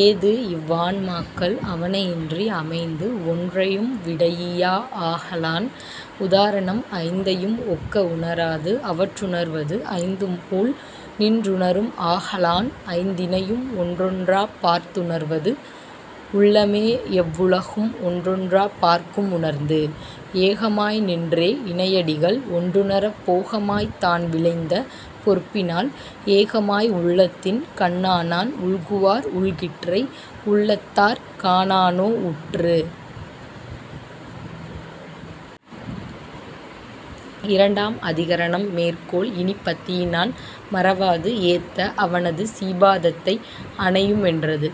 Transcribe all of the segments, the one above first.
ஏது இவ்வான்மாக்கள் அவனையின்றி அமைந்து ஒன்றையும் விடயியா ஆகலான் உதாரணம் ஐந்தையும் ஒக்க உணராது அவற்றுணர்வது ஐந்தும்போல் நின்றுணரும் ஆகலான் ஐந்தினையும் ஒன்றொன்றாப் பார்த்துணர்வது உள்ளமே எவ்வுலகும் ஒன்றொன்றாப் பார்க்கும் உணர்ந்து. ஏகமாய் நின்றே இணையடிகள் ஒன்றுணரப் போகமாய்த் தான் விளைந்த பொற்பினால் ஏகமாய் உள்ளத்தின் கண்ணானான் உள்குவார் உள்கிற்றை உள்ளத்தாற் காணானோ உற்று. இரண்டாம் அதிகரணம் மேற்கோள் இனிப் பத்தியினான் மறவாது ஏத்த அவனது சீபாதத்தை அணையும் என்றது.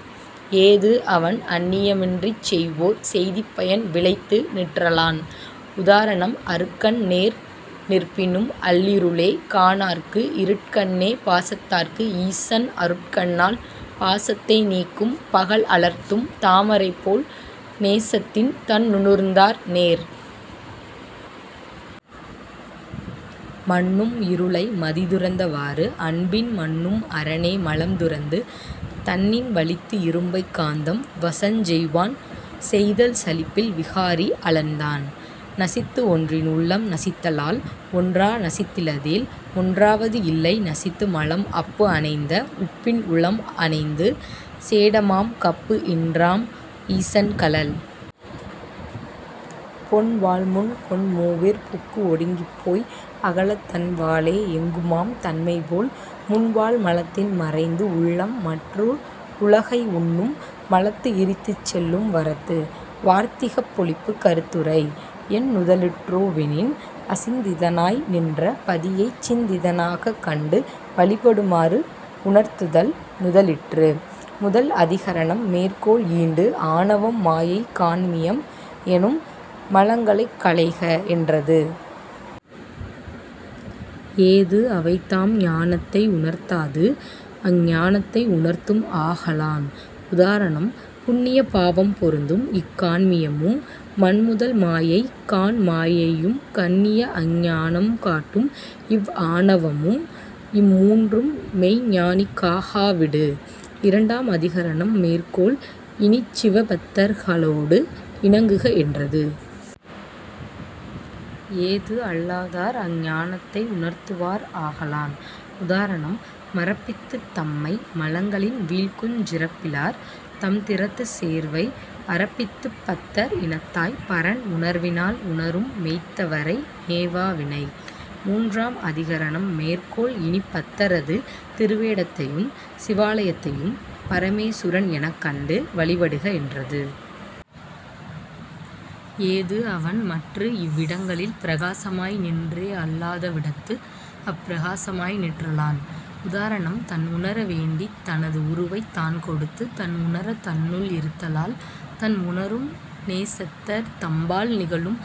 ஏது அவன் அன்னியமின்றிச் செய்வோர் செய்திப்பயன் விளைத்து நிற்றலான். உதாரணம் அருக்கன் நேர் நிற்பினும் அல்லிருளே காணார்க்கு இருட்கண்ணே பாசத்தார்க்கு ஈசன் அருட்கண்ணால் பாசத்தை நீக்கும் பகல் அலர்த்தும் தாமரைபோல் நேசத்தின் தன்னுணுர்ந்தார் நேர். மன்னும் இருளை மதிதுரந்த வாறு அன்பின் மன்னும் அரனே மலம் துரந்து தன்னின் வலித்து இரும்பைக் காந்தம் வசஞ்செய்வான் செய்தல் சலிப்பில் விகாரி அலன் தான். நசித்து ஒன்றின் உள்ளம் நசித்தலால் ஒன்றா நசித்திலதேல் ஒன்றாவது இல்லை நசித்துமலம் அப்பு அணைந்த உப்பின் உளம் அணைந்து சேடமாம் கப்பு இன்றாம் ஈசன் கழல். பொன்வாள்முன் கொண்மூவிற் புக்கு ஒடுங்கிப்போய் அகலத் தன்வாளே எங்குமாம் தன்மைபோல் முன்வாள் மலத்தின் மறைந்து உள்ளம் மற்று உலகை உண்ணும் மலத்து இரித்துச் செல்லும் வரத்து. வார்த்திகப் பொழிப்பு கருத்துரை: என் நுதலிற்றோ வெனின், அசிந்திதனாய் நின்ற பதியைச் சிந்திதனாகக் கண்டு வழிபடுமாறுஉணர்த்துதல் நுதலிற்று. முதல் அதிகரணம் மேற்கோள் ஈண்டு ஆணவம் மாயை கான்மியம் எனும் மலங்களைக் களைக என்றது. ஏது அவைதாம் ஞானத்தை உணர்த்தாது அஞ்ஞானத்தை உணர்த்தும் ஆகலான். உதாரணம்: புண்ணிய பாவம் பொருந்தும் இக் கான்மியமும் மண்முதல் மாயைகாண் மாயையும் கண்ணிய அஞ்ஞானம் காட்டும் இவ் ஆணவமும் இம் மூன்றும் மெய்ஞ்ஞானிக் காகா விடு. இரண்டாம் அதிகரணம் மேற்கோள் இனிச் சிவபத்தர்களோடு இணங்குக என்றது. ஏது அல்லாதார் அஞ்ஞானத்தை உணர்த்துவார் ஆகலான். உதாரணம் மறப்பித்துத் தம்மை மலங்களின் வீழ்க்குஞ் சிறப்பிலார் தம்திறத்துச் சேர்வை அறப்பித்துப் பத்தர் இனத்தாய்ப் பரன் உணர்வினால் உணரும் மெய்த்தவரை மேவா வினை. மூன்றாம் அதிகரணம் மேற்கோள் இனிப் பத்தரது திருவேடத்தையும் சிவாலயத்தையும் பரமேசுரன் எனக் கண்டு வழிபடுக என்றது. ஏது அவன் மற்று இவ்விடங்களில் பிரகாசமாய் நின்றே அல்லாத விடத்து அப்பிரகாசமாய் நிற்றலான். உதாரணம் தன்உணர வேண்டித் தனது உருவைத் தான்கொடுத்து தன் உணரத் தன்னுள் இருத்தலால் தன் உணரும் நேசத்தர் தம்பால் நிகழும்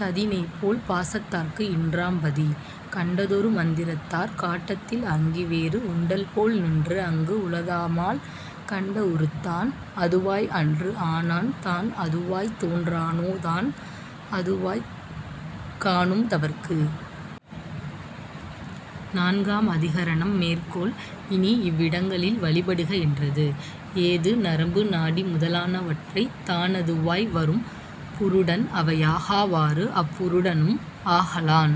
ததிநெய்போல் பாசத்தார்க்கு இன்றாம் பதி. கண்டதொரு மந்திரத்தாற் காட்டத்தில் அங்கிவேறு உண்டல்போல் நின்று அங்கு உளதாமால் கண்ட உருத் தான் அதுவாய் அன்று ஆனான் தான் அதுவாய்த் தோன்றானோ தான் அதுவாய்க் காணும் தவர்க்கு. நான்காம் அதிகரணம் மேற்கோள் இனி இவ்விடங்களில் வழிபடுக என்றது. ஏது நரம்பு நாடி முதலானவற்றைத் தானதுவாய் வரும் புருடன் அவையாகாவாறு அப்புருடனும் ஆகலான்.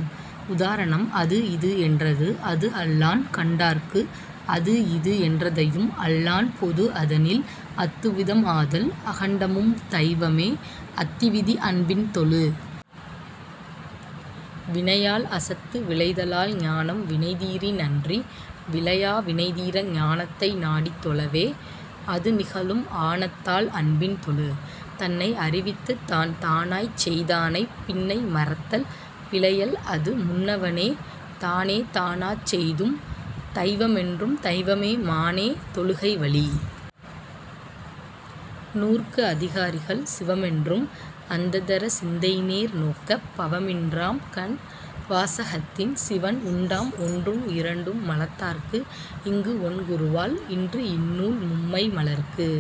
உதாரணம் அது இது என்றது அதுஅல்லான் கண்டார்க்கு அது இது என்றதையும் அல்லான் பொது அதனில் அத்துவிதம் ஆதல் அகண்டமும் தைவமே அத்திவிதி அன்பின் தொழு. வினையால் அசத்து விளைதலால் ஞானம் வினைதீரின் அன்றி விளையா வினைதீர ஞானத்தை நாடித் தொழவே அதுநிகழும் ஆனத்தால் அன்பின் தொழு. தன்னை அறிவித்துத் தான் தானாய்ச் செய்தானைப் பின்னை மறத்தல் பிழையல் அது முன்னவனே தானே தானாச் செய்தும் தைவமென்றும் தைவமே மானே தொழுகை வலி. நூற்கு அதிகாரிகள் சிவமென்றும் அந்ததர சிந்தைநேர் நோக்கப் பவமின்றாம் கண் வாசகத்தின் சிவன் உண்டாம் ஒன்றும் இரண்டும் மலத்தார்க்கு இங்கு ஒண்குருவால் இன்று இந்நூல் மும்மை மலர்க்கு